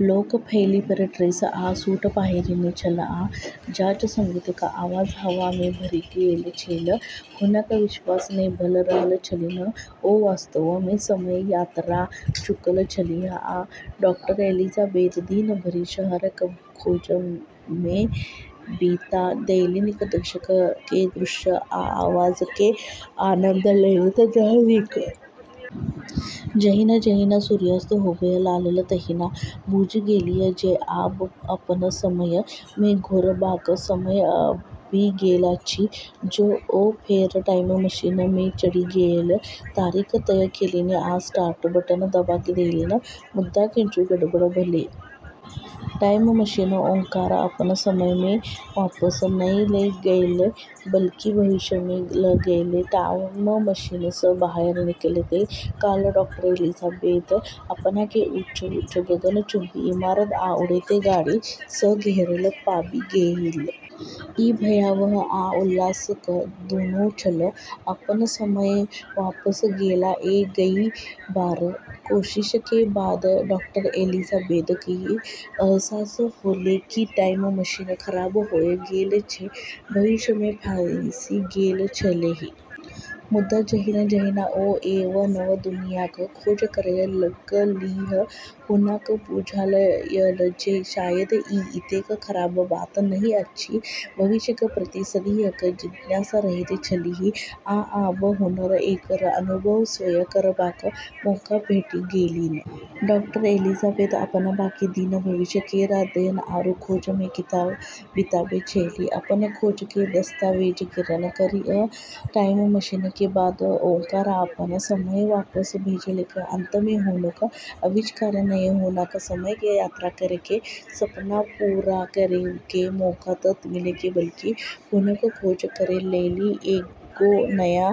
लोक flapper dress आ suit पहिरने छल आ जाज संगीतक आवाज हवा मे भरि गेल छल। हुनका विश्वास नै भ रहल छलनि, ओ वास्तव में समय के यात्रा कऽ चुकल छलीह! डॉ. एलिजाबेथ दिन भरि शहरक खोज में बिता देलनि, दशक के दृश्य आ आवाज के आनंद लैत रहलीह। जहिना-जहिना सूर्यास्त होबय लागल तहिना बुझि गेलीह जे आब अपन समय मे घुरबाक समय आबि गेल अछि। ओ फेर टाइम मशीन मे चढ़ि गेलीह, तारीख तय केलनि आ स्टार्ट बटन दबा देलनि। मुदा किछु गड़बड़ भऽ गेलै। टाइम मशीन ओकरा अपन समय मे वापस नहि लऽ गेलै, बल्कि भविष्य मे लऽ गेलै। टाइम मशीन सऽ बाहर निकलैत काल डॉ. एलिजाबेथ अपना कें ऊंच-ऊंच गगनचुंबी इमारत आ उड़ैत गाड़ी सऽ घेरल पाबि गेलीह। ई भयावह आ उल्लासक दुनू छल। अपनऽ समय मऽ वापस ऐला के कई बार कोशिश के बाद डॉ. एलिजाबेथ कऽ ई अहसास होलै कि टाइम मशीन खराब होय गेलऽ छै। भविष्य मे फँसि गेल छलीह। मुदा जहिना-जहिना ओ एहि नव दुनियाँक खोज करय लगलीह, हुनका बुझायल जे शायद ई एतेक खराब बात नहि अछि। भविष्यक प्रति सदिखन जिज्ञासा रहैत छलीह, आ आब हुनका एकर अनुभव स्वयं करबाक मौका भेटि गेलनि। डॉ. एलिजाबेथ अपनऽ बाकी दिन भविष्य केरऽ अध्ययन आरू खोज मऽ बिताबै छेली, अपनऽ खोज के दस्तावेजीकरण करी कऽ टाइम मशीन के माध्यम सऽ ओकरा अपनऽ समय मऽ वापस भेजलकै। अंत में हुनकऽ आविष्कार नऽ हुनका समय के यात्रा करै के सपना पूरा करै के मौका त मिललै बल्कि हुनका खोज करै लेली एगो नया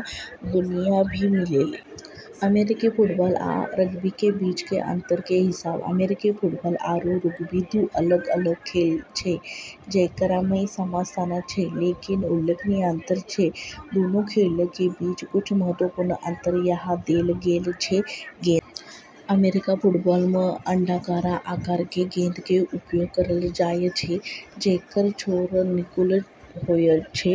दुनिया भी मिललै। अमेरिकी फुटबॉल आ रग्बी के बीच के अंतर के हिसाब अमेरिकी फुटबॉल आरू रग्बी दू अलग-अलग खेल छै जेकरा मऽ समानता छै लेकिन उल्लेखनीय अंतर छै। दूनू खेलऽ के बीच कुछ महत्वपूर्ण अंतर यहाँ देलऽ गेलऽ छै ।गेंद अमेरिकी फुटबॉल मऽ अण्डाकार आकार के गेंद के उपयोग करलऽ जाय छै जेकरऽ छोर नुकीला होय छै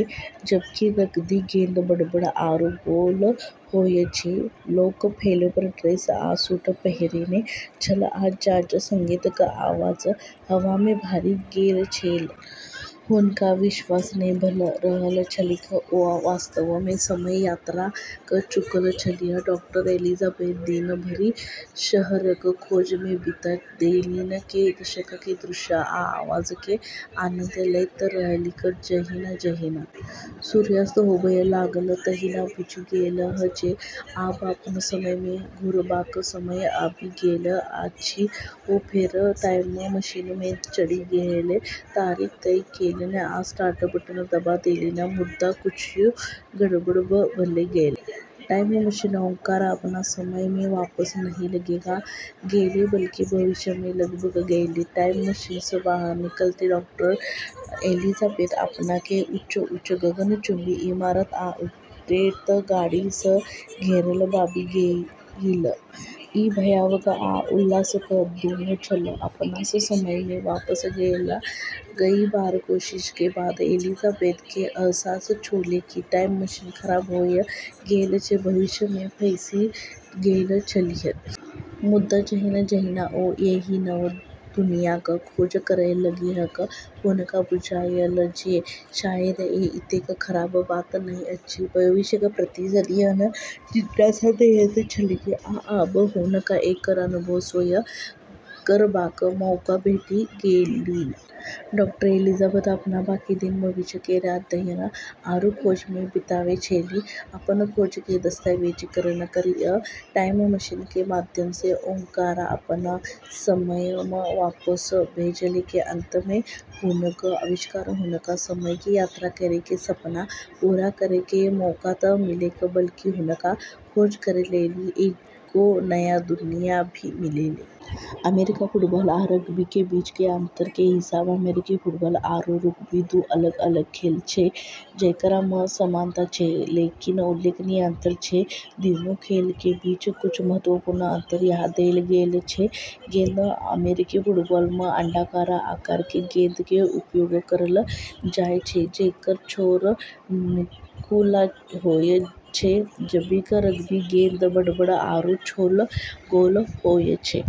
जबकि रग्बी गेंद बड़ऽ आरू गोल होय छै। लोक फ्लैपर ड्रेस आ सूट पहिरने छल आ जाज संगीतक आवाज हवा मे भरि गेल छल। हुनका विश्वास नै भ रहल छलनि, ओ वास्तव में समय के यात्रा क चुकल छलीह! डॉ. एलिजाबेथ दिन भरि शहरक खोज में बिता देलनि, के दशक के दृश्य आ आवाज के आनंद लैत रहलीह ।जहिना-जहिना सूर्यास्त होबय लागल तहिना बुझि गेलीह जे आब अपन समय मे घुरबाक समय आबि गेल अछि। ओ फेर टाइम मशीन मे चढ़ि गेलीह, तारीख तय केलनि आ स्टार्ट बटन दबा देलनि। मुदा किछु गड़बड़ भऽ गेलै। टाइम मशीन ओकरा अपन समय मे वापस नहि लऽ गेलै, बल्कि भविष्य मे लऽ गेलै। टाइम मशीन सऽ बाहर निकलैत काल डॉ. एलिजाबेथ अपना के ऊंच-ऊंच गगनचुंबी इमारत आ उड़ैत गाड़ी सऽ घेरल पाबि गेलीह। ई भयावह आ उल्लासक दुनू छल। अपनऽ समय मे वापस ऐला के कई बार कोशिश के बाद डॉ. एलिजाबेथ के ई अहसास होलै कि टाइम मशीन खराब होय गेलऽ छै। भविष्य मे फँसि गेल छलीह। मुदा जहिना-जहिना ओ एहि नव दुनियाँक खोज करय लगलीह, हुनका बुझायल जे शायद ई एतेक खराब बात नहि अछि। भविष्यक प्रति सदिखन जिज्ञासा रहैत छलीह, आ आब हुनका एकर अनुभव स्वयं करबाक मौका भेटि गेलनि। डॉ. एलिजाबेथ अपनऽ बाकी दिन भविष्य केरऽ अध्ययन आरू खोज मऽ बिताबै छेली, अपनऽ खोज के दस्तावेजीकरण करी कऽ टाइम मशीन के माध्यम सऽ ओकरा अपनऽ समय मऽ वापस भेजलकै। अंत में हुनकऽ आविष्कार हुनका समय के यात्रा करै के सपना पूरा करै के मौका त मिललै बल्कि हुनका खोज करै लेली एगो नया दुनिया भी मिललै। अमेरिकी फुटबॉल आ रग्बी के बीच के अंतर के हिसाब अमेरिकी फुटबॉल आरू रग्बी दू अलग-अलग खेल छै जेकरा मऽ समानता छै लेकिन उल्लेखनीय अंतर छै। दूनू खेलऽ के बीच कुछ महत्वपूर्ण अंतर यहाँ देलऽ गेलऽ छै ।गेंद अमेरिकी फुटबॉल मऽ अण्डाकार आकार के गेंद के उपयोग करलऽ जाय छै जेकरऽ छोर नुकीला होय छै जबकि रग्बी गेंद बड़ऽ आरू गोल होय छै।